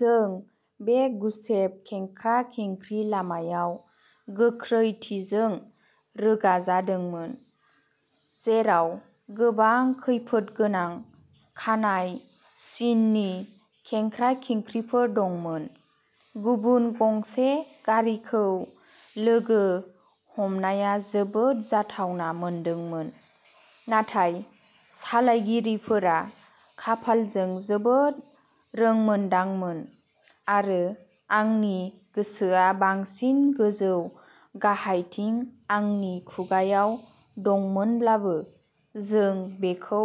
जों बे गुसेब खेंख्रा-खेंख्रि लामायाव गोख्रैथिजों रोगाजादोंमोन, जेराव गोबां खैफोदगोनां खानाय सिननि खेंख्रा-खेंख्रिफोर दंमोन। गुबुन गंसे गारिखौ लोगो हमनाया जोबोद जाथावना मोनदोंमोन, नाथाय सालायगिरिफोरा खाफालजों जोबोद रोंमोन्दांमोन, आरो आंनि गोसोआ बांसिन गोजौ-गाहायथिं आंनि खुगायाव दंमोनब्लाबो, जों बेखौ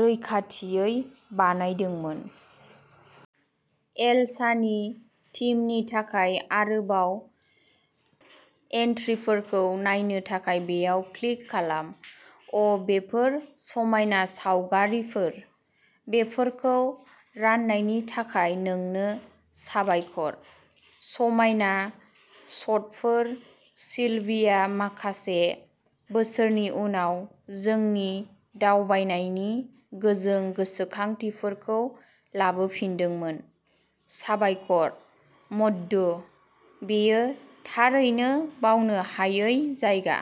रैखाथियै बानायदोंमोन। एलसानि थिमनि थाखाय आरोबाव एन्ट्रिफोरखौ नायनो थाखाय बेयाव क्लिक खालाम। अ बेफोर समायना सावगारिफोर। बेफोरखौ राननायनि थाखाय नोंनो साबायखर। समायना शटफोर सिल्विया माखासे बोसोरनि उनाव जोंनि दावबायनायनि गोजों गोसोखांथिफोरखौ लाबोफिनदोंमोन। साबायखर, मधु। बेयो थारैनो बावनो हायै जायगा।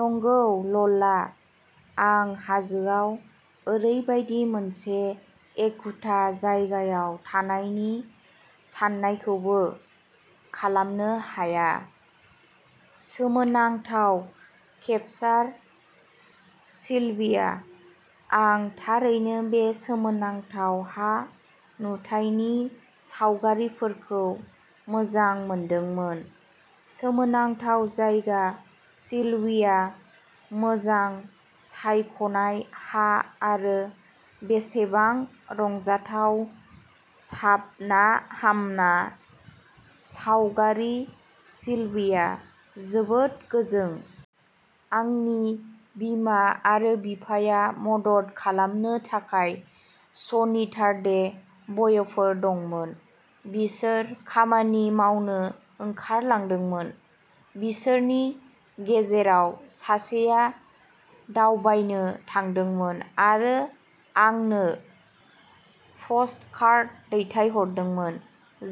नंगौ, ल'ला। आं हाजोआव ओरैबायदि मोनसे एखुथा जायगायाव थानायनि साननायखौबो खालामनो हाया। सोमोनांथाव केपसार सिल्विया। आं थारैनो बे सोमोनांथाव हा नुथायनि सावगारिफोरखौ मोजां मोनदोंमोन। सोमोनांथाव जायगा सिल्विया, मोजां सायख'नाय हा आरो बेसेबां रंजाथाव साबनाहामना सावगारि सिल्विया, जोबोद गोजों। आंनि बिमा आरो बिफाया मदद खालामनो थाखाय सनिटारडे बय'फोर दंमोन। बिसोर खामानि मावनो ओंखारलांदोंमोन। बिसोरनि गेजेराव सासेया दावबायनो थांदोंमोन आरो आंनो पस्टकार्ड दैथायहरदोंमोन,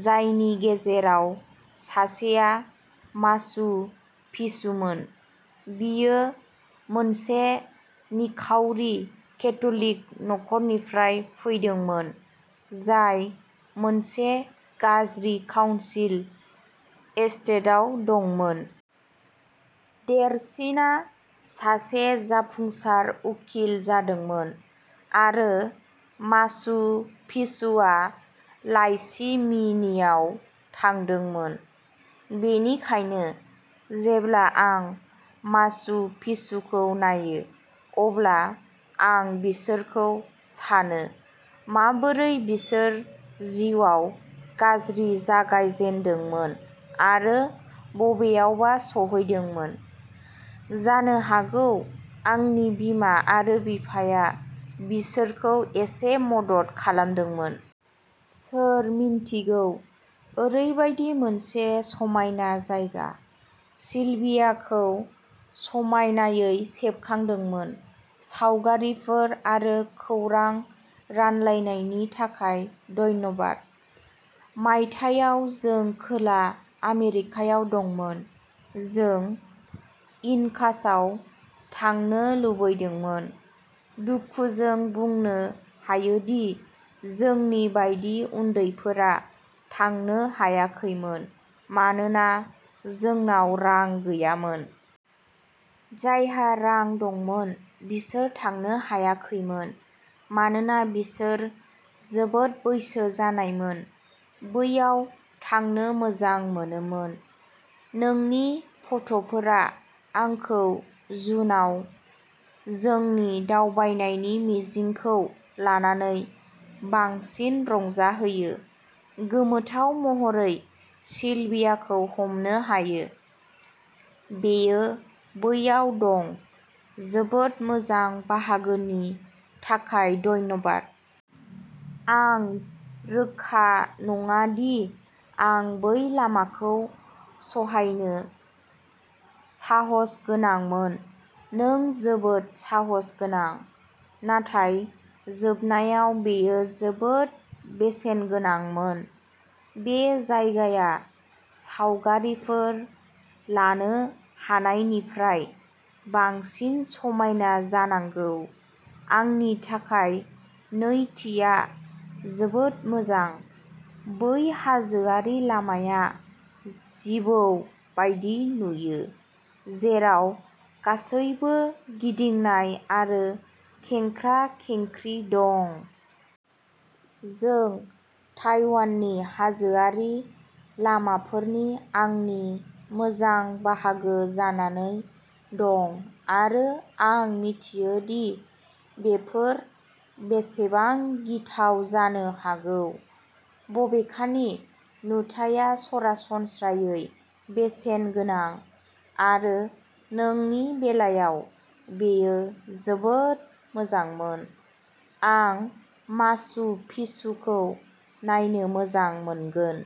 जायनि गेजेराव सासेआ माचु पिचुमोन। बियो मोनसे निखावरि केथ'लिक नखरनिफ्राय फैदोंमोन, जाय मोनसे गाज्रि काउन्सिल एस्टेटआव दंमोन। देरसिनआ सासे जाफुंसार उखिल जादोंमोन, आरो माचु पिचुआ लाइसिमिनियाव थांदोंमोन। बेनिखायनो जेब्ला आं माचु पिचुखौ नायो, अब्ला आं बिसोरखौ सानो, माबोरै बिसोर जिउआव गाज्रि जागायजेन्दोंमोन आरो बबेयावबा सौहैदोंमोन, जानो हागौ आंनि बिमा आरो बिफाया बिसोरखौ एसे मदद खालामदोंमोन। सोर मिन्थिगौ, ओरैबायदि मोनसे समायना जायगा, सिलभियाखौ समायनायै सेबखांदोंमोन सावगारिफोर आरो खौरां रानलायनायनि थाखाय धन्यबाद। मायथाइयाव जों खोला आमेरिकायाव दंमोन, जों इनकासआव थांनो लुबैदोंमोन। दुखुजों बुंनो हायोदि जोंनि बायदि उन्दैफोरा थांनो हायाखैमोन मानोना जोंनाव रां गैयामोन। जायहा रां दंमोन बिसोर थांनो हायाखैमोन। मानोना बिसोर जोबोद बैसो जानायमोन, बैयाव थांनो मोजां मोनोमोन। नोंनि फट'फोरा आंखौ जुनआव जोंनि दावबायनायनि मिजिंखौ लानानै बांसिन रंजाहोयो। गोमोथाव महरै सिलभियाखौ हमनो हायो। बेयो बैयाव दं, जोबोद मोजां बाहागोनि थाखाय धन्यबाद। आं रोखा नङा दि आं बै लामाखौ सहायनो साहसगोनांमोन नों जोबोद साहसगोनां, नाथाय जोबनायाव बेयो जोबोद बेसेनगोनांमोन। बे जायगाया सावगारिफोर लानो हानायनिफ्राय बांसिन समायना जानांगौ। आंनि थाखाय नैथिआ जोबोद मोजां, बै हाजोआरि लामाया जिबौ बायदि नुयो, जेराव गासैबो गिदिंनाय आरो खेंख्रा-खेंख्रि दं। जों ताइवाननि हाजोआरि लामाफोरनि आंनि मोजां बाहागो जानानै दं आरो आं मिथियो दि बेफोर बेसेबां गिथाव जानो हागौ। बबेखानि नुथायआ सरासनस्रायै बेसेनगोनां आरो नोंनि बेलायाव बेयो जोबोद मोजांमोन। आं माचु पिचुखौ नायनो मोजां मोनगोन।